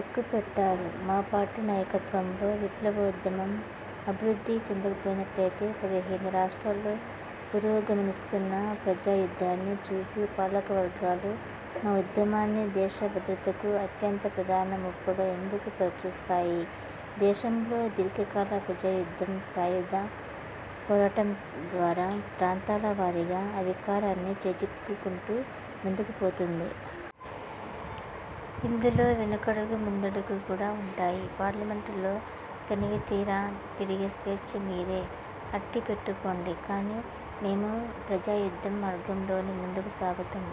ఎక్కుపెట్టారు. మా పార్టీ నాయకత్వంలో విప్లవోద్యమం అభివృద్ధి చెందకపోయినట్లయితే, పదిహేను రాష్ట్రాల్లో పురోగమిస్తున్న ప్రజాయుద్ధాన్ని చూసి పాలకవర్గాలు మా ఉద్యమాన్ని 'దేశ భద్రతకు అత్యంత ప్రధాన ముప్పుగా' ఎందుకు ప్రకటిస్తాయి? దేశంలో దీర్ఘకాల ప్రజాయుద్ధం సాయుధ పోరాటం ద్వారా ప్రాంతాల వారీగా అధికారాన్ని చేజిక్కించుకొంటూ ముందుకుపోతుంది. ఇందులో వెనకడుగు ముందడుగు కూడా ఉంటాయి. పార్లమెంటులో తనివితీరా తిరిగే స్వేచ్ఛ మీరే అట్టి పెట్టుకోండి, కానీ మేము ప్రజాయుద్ధ మార్గంలోనే ముందుకు సాగుతాం.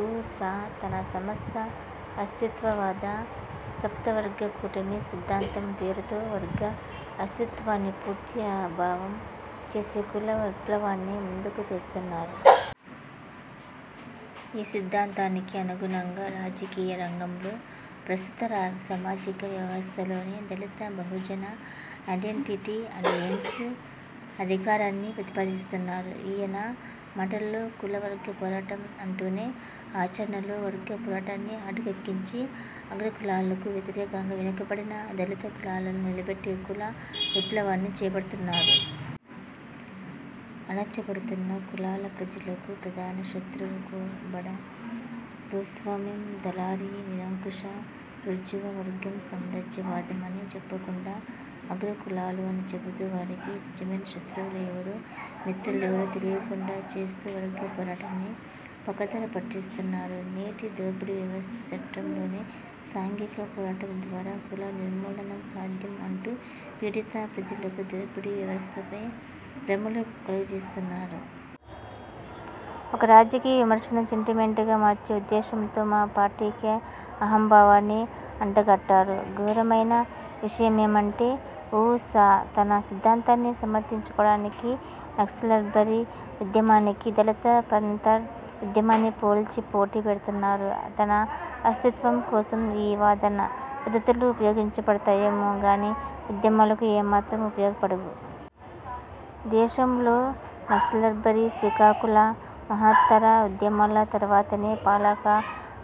ఉ. సా తన సంస్థ 'అస్తిత్వవాద సప్తవర్గ కూటమి' సిద్ధాంతం పేరుతో వర్గ అస్తిత్వాన్ని పూర్తి అభావం చేసే కుల విప్లవాన్ని ముందుకు తెస్తున్నారు. ఈ సిద్ధాంతానికి అనుగుణంగా రాజకీయ రంగంలో ప్రస్తుత సామాజిక వ్యవస్థలోనే 'దళిత బహుజన ఐడెంటిటీ అలయెన్స్' అధికారాన్ని ప్రతిపాదిస్తున్నారు. ఈయన మాటల్లో కుల వర్గ పోరాటం అంటూనే ఆచరణలో వర్గ పోరాటాన్ని అటకెక్కించి అగ్రకులాలకు వ్యతిరేకంగా వెనకబడిన, దళిత కులాలను నిలబెట్టే కుల విప్లవాన్ని చేపడుతున్నారు. అణచబడుతున్న కులాల ప్రజలకు ప్రధాన శత్రువు బడా భూస్వామ్యం, దళారీ నిరంకుశ బూర్జువా వర్గం, సామ్రాజ్యవాదం అని చెప్పకుండా, అగ్రకులాలు అని చెబుతూ వారికి నిజమైన శత్రువులు ఎవరో, మిత్రు లెవరో తెలియకుండా చేస్తూ వర్గ పోరాటాన్ని పక్కదారి పట్టిస్తున్నారు. నేటి దోపిడీ వ్యవస్థ చట్రంలోనే సాంఘిక పోరాటం ద్వారా కుల నిర్మూలన సాధ్యం అంటూ పీడిత ప్రజలకు దోపిడీ వ్యవస్థపై భ్రమలు కలుగజేస్తున్నారు. ఒక రాజకీయ విమర్శను సెంటిమెంటుగా మార్చే ఉద్దేశంతో మా పార్టీకి అహంభావాన్ని అంట గట్టారు. ఘోరమైన విషయమేమంటే, ఉ. సా తన సిద్ధాంతాన్ని సమర్థించుకోవడానికి నక్సల్బరీ ఉద్యమానికీ, దళిత పాంథర్ ఉద్యమాన్ని పోల్చి పోటీ పెడుతున్నారు. తన అస్తిత్వం కోసం ఈ వాదన పద్ధతులు ఉపయోగించపడతాయేమో గానీ ఉద్యమాలకు ఏమాత్రం ఉపయోగపడవు. దేశంలో నక్సల్బరీ, శ్రీకాకుళ మహత్తర ఉద్యమాల తర్వాతనే పాలక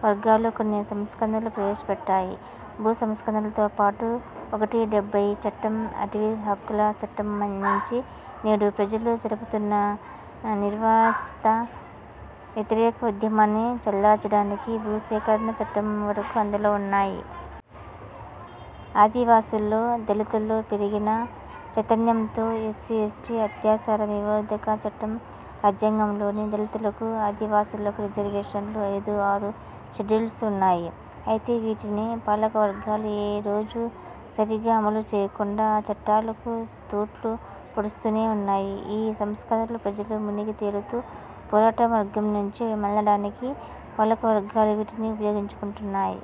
వర్గాలు కొన్ని సంస్కరణలు ప్రవేశపెట్టాయి. భూ సంస్కరణలతో పాటు ఒకటి డెబ్బై చట్టం, అటవీ హక్కుల చట్టం నుంచి నేడు ప్రజలు జరుపుతున్న నిర్వాసిత వ్యతిరేక ఉద్యమాన్ని చల్లార్చడానికి భూ సేకరణ చట్టం వరకు అందులో ఉన్నాయి. ఆదివాసుల్లో, దళితుల్లో పెరిగిన చైతన్యంతో 'ఎస్సీ, ఎస్టీ, అత్యాచార నిరోధక చట్టం' రాజ్యాంగంలోనే దళితులకు, ఆదివాసులకు రిజర్వేషన్లు, ఐదు, ఆరు షెడ్యూల్స్ ఉన్నాయి. అయితే వీటిని పాలకవర్గాలు ఏ రోజూ సరిగా అమలు చేయకుండా ఆ చట్టాలకు తూట్లు పొడుస్తూనే ఉన్నాయి. ఈ సంస్కరణల్లో ప్రజలు మునిగి తేలుతూ పోరాట మార్గం నుంచి మళ్ళడానికి పాలకవర్గాలు వీటిని ఉపయోగించుకొంటాయి.